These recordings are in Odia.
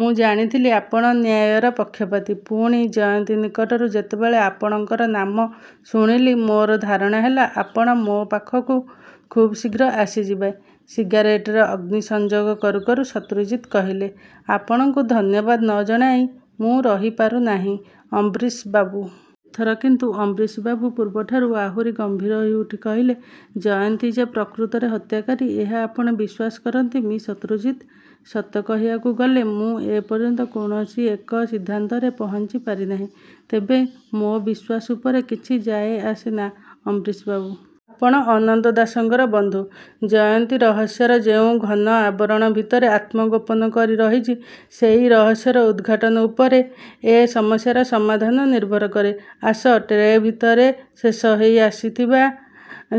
ମୁଁ ଜାଣିଥିଲି, ଆପଣ ନ୍ୟାୟର ପକ୍ଷପାତୀ। ପୁଣି ଜୟନ୍ତୀ ନିକଟରୁ ଯେତେବେଳେ ଆପଣଙ୍କର ନାମ ଶୁଣିଲି, ମୋର ଧାରଣା ହେଲା ଆପଣ ମୋ ପାଖକୁ ଖୁବ୍ ଶୀଘ୍ର ଆସିଯିବେ। ' ସିଗାରେଟରେ ଅଗ୍ନିସଂଯୋଗ କରୁ କରୁ ଶତ୍ରୁଜିତ କହିଲେ, 'ଆପଣଙ୍କୁ ଧନ୍ୟବାଦ ନ ଜଣାଇ ମୁଁ ରହିପାରୁନାହିଁ, ଅମ୍ବରୀଶବାବୁ। ଏଥର କିନ୍ତୁ ଅମ୍ବରୀଶବାବୁ ପୂର୍ବଠାରୁ ଆହୁରି ଗମ୍ଭୀର ହୋଇଉଠି କହିଲେ 'ଜୟନ୍ତୀ ଯେ ପ୍ରକୃତରେ ହତ୍ୟାକାରୀ ଏହା ଆପଣ ବିଶ୍ୱାସ କରନ୍ତି, ମି: ଶତ୍ରୁଜିତ? ' 'ସତ କହିବାକୁ ଗଲେ ମୁଁ ଏପର୍ଯ୍ୟନ୍ତ କୌଣସି ଏକ ସିଦ୍ଧାନ୍ତରେ ପହଞ୍ଚିପାରିନାହିଁ। ତେବେ ମୋ ବିଶ୍ୱାସ ଉପରେ କିଛି ଯାଏ ଆସେ ନା, ଅମ୍ବରୀଶବାବୁ! ଆପଣ ଅନନ୍ତ ଦାସଙ୍କର ବନ୍ଧୁ। ଜୟନ୍ତୀ ରହସ୍ୟର ଯେଉଁ ଘନ ଆବରଣ ଭିତରେ ଆତ୍ମଗୋପନ କରି ରହିଛି, ସେଇ ରହସ୍ୟର ଉଦ୍ଘାଟନ ଉପରେ ଏ ସମସ୍ୟାର ସମାଧାନ ନିର୍ଭର କରେ। ' ଆସଟ୍ରେ ଭିତରେ ଶେଷ ହେଇଆସିଥିବା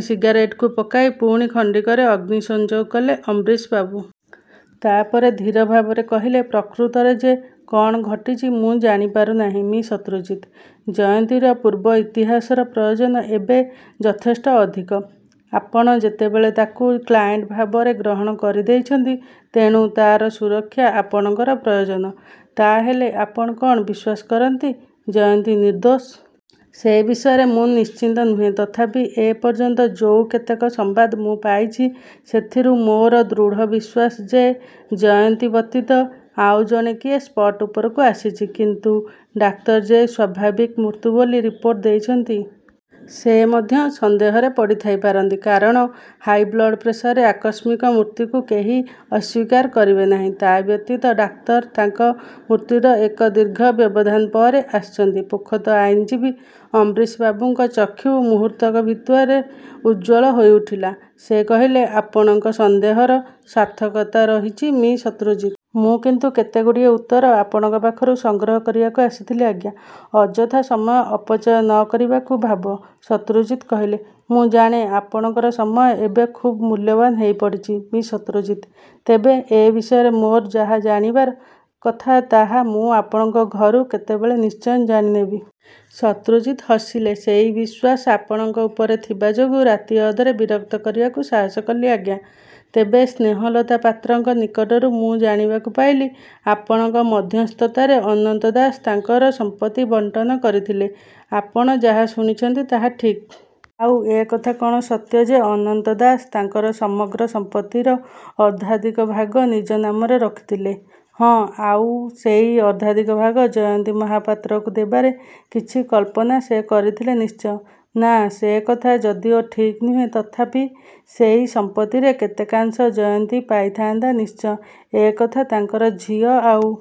ସିଗାରେଟକୁ ପକାଇ ପୁଣି ଖଣ୍ଡିକରେ ଅଗ୍ନି ସଂଯୋଗ କଲେ ଅମ୍ବରୀଶବାବୁ। ତା'ପରେ ଧୀର ଭାବରେ କହିଲେ, 'ପ୍ରକୃତରେ ଯେ କ'ଣ ଘଟିଛି ମୁଁ ଜାଣିପାରୁନାହିଁ, ମି: ଶତ୍ରୁଜିତ! ' 'ଜୟନ୍ତୀର ପୂର୍ବ ଇତିହାସର ପ୍ରୟୋଜନ ଏବେ ଯଥେଷ୍ଟ ଅଧିକ। ଆପଣ ଯେତେବେଳେ ତାକୁ କ୍ଲାଏଣ୍ଟ ଭାବରେ ଗ୍ରହଣ କରିଦେଇଛନ୍ତି, ତେଣୁ ତା'ର ସୁରକ୍ଷା ଆପଣଙ୍କର ପ୍ରୟୋଜନ। ' 'ତା'ହେଲେ ଆପଣ କ'ଣ ବିଶ୍ୱାସ କରନ୍ତି ଜୟନ୍ତୀ ନିର୍ଦ୍ଦୋଷ? ' 'ସେ ବିଷୟରେ ମୁଁ ନିଶ୍ଚିତ ନୁହେଁ। ତଥାପି ଏପର୍ଯ୍ୟନ୍ତ ଯୋଉ କେତେକ ସମ୍ବାଦ ମୁଁ ପାଇଛି ସେଥିରୁ ମୋର ଦୃଢ ବିଶ୍ୱାସ ଯେ ଜୟନ୍ତୀ ବ୍ୟତୀତ ଆଉ ଜଣେ କିଏ ସ୍ପଟ୍ ଉପରକୁ ଆସିଛି। ' 'କିନ୍ତୁ ଡାକ୍ତର ଯେ ସ୍ୱାଭାବିକ ମୃତ୍ୟୁ ବୋଲି ରିପୋର୍ଟ ଦେଇଛନ୍ତି! ' 'ସେ ମଧ୍ୟ ସନ୍ଦେହରେ ପଡ଼ିଥାଇପାରନ୍ତି। କାରଣ ହାଇବ୍ଲଡ୍ପ୍ରେସରରେ ଆକସ୍ମିକ ମୃତ୍ୟୁକୁ କେହି ଅସ୍ୱୀକାର କରିବେ ନାହିଁ। ତା' ବ୍ୟତୀତ ଡାକ୍ତର ତାଙ୍କ ମୃତ୍ୟୁର ଏକ ଦୀର୍ଘ ବ୍ୟବଧାନ ପରେ ଆସିଛନ୍ତି। ' ପୋଖତ ଆଇନଜୀବୀ ଅମ୍ବରୀଶବାବୁଙ୍କ ଚକ୍ଷୁ ମୁହୂର୍ତ୍ତକ ଭିତରେ ଉଜ୍ଜ୍ୱଳ ହୋଇଉଠିଲା-। ସେ କହିଲେ, 'ଆପଣଙ୍କ ସନ୍ଦେହର ସାର୍ଥକତା ରହିଛି, ମି: ଶତ୍ରୁଜିତ! ' 'ମୁଁ କିନ୍ତୁ କେତେଗୁଡ଼ିଏ ଉତ୍ତର ଆପଣଙ୍କ ପାଖରୁ ସଂଗ୍ରହ କରିବାକୁ ଆସିଥିଲି, ଆଜ୍ଞା! ' ଅଯଥା ସମୟ ଅପଚୟ ନ କରିବାକୁ ଭାବ ଶତ୍ରୁଜିତ କହିଲେ। 'ମୁଁ ଜାଣେ ଆପଣଙ୍କର ସମୟ ଏବେ ଖୁବ୍ ମୂଲ୍ୟବାନ ହୋଇପଡ଼ିଚି, ମି: ଶତ୍ରୁଜିତ! ତେବେ ଏ ବିଷୟରେ ମୋର ଯାହା ଜାଣିବାର କଥା, ତାହା ମୁଁ ଆପଣଙ୍କ ଘରୁ କେତେବେଳେ ନିଶ୍ଚୟ ଜାଣିନେବି। ' ଶତ୍ରୁଜିତ ହସିଲେ, ସେଇ ବିଶ୍ୱାସ ଆପଣଙ୍କ ଉପରେ ଥିବାଯୋଗୁଁ ରାତିଅଧରେ ବିରକ୍ତ କରିବାକୁ ସାହସ କଲି, ଆଜ୍ଞା! ତେବେ ସ୍ନେହଲତା ପାତ୍ରଙ୍କ ନିକଟରୁ ମୁଁ ଜାଣିବାକୁ ପାଇଲି, ଆପଣଙ୍କ ମଧ୍ୟସ୍ଥତାରେ ଅନନ୍ତ ଦାସ ତାଙ୍କର ସମ୍ପତ୍ତି ବଣ୍ଟନ କରିଥିଲେ। ' 'ଆପଣ ଯାହା ଶୁଣିଛନ୍ତି, ତାହା ଠିକ୍। ' 'ଆଉ ଏକଥା କ'ଣ ସତ୍ୟ ଯେ ଅନନ୍ତ ଦାସ ତାଙ୍କର ସମଗ୍ର ସମ୍ପତ୍ତିର ଅର୍ଦ୍ଧାଧିକ ଭାଗ ନିଜ ନାମରେ ରଖିଥିଲେ? ' 'ହଁ। ' 'ଆଉ ସେଇ ଅର୍ଦ୍ଧାଧିକ ଭାଗ ଜୟନ୍ତୀ ମହାପାତ୍ରକୁ ଦେବାର କିଛି କଳ୍ପନା ସେ କରିଥିଲେ ନିଶ୍ଚୟ। ' 'ନା, ସେକଥା ଯଦିଓ ଠିକ୍ ନୁହେଁ, ତଥାପି ସେଇ ସମ୍ପତ୍ତିରେ କେତେକାଂଶ ଜୟନ୍ତୀ ପାଇଥାଆନ୍ତା ନିଶ୍ଚୟ। ' 'ଏକଥା ତାଙ୍କର ଝିଅ ଆଉ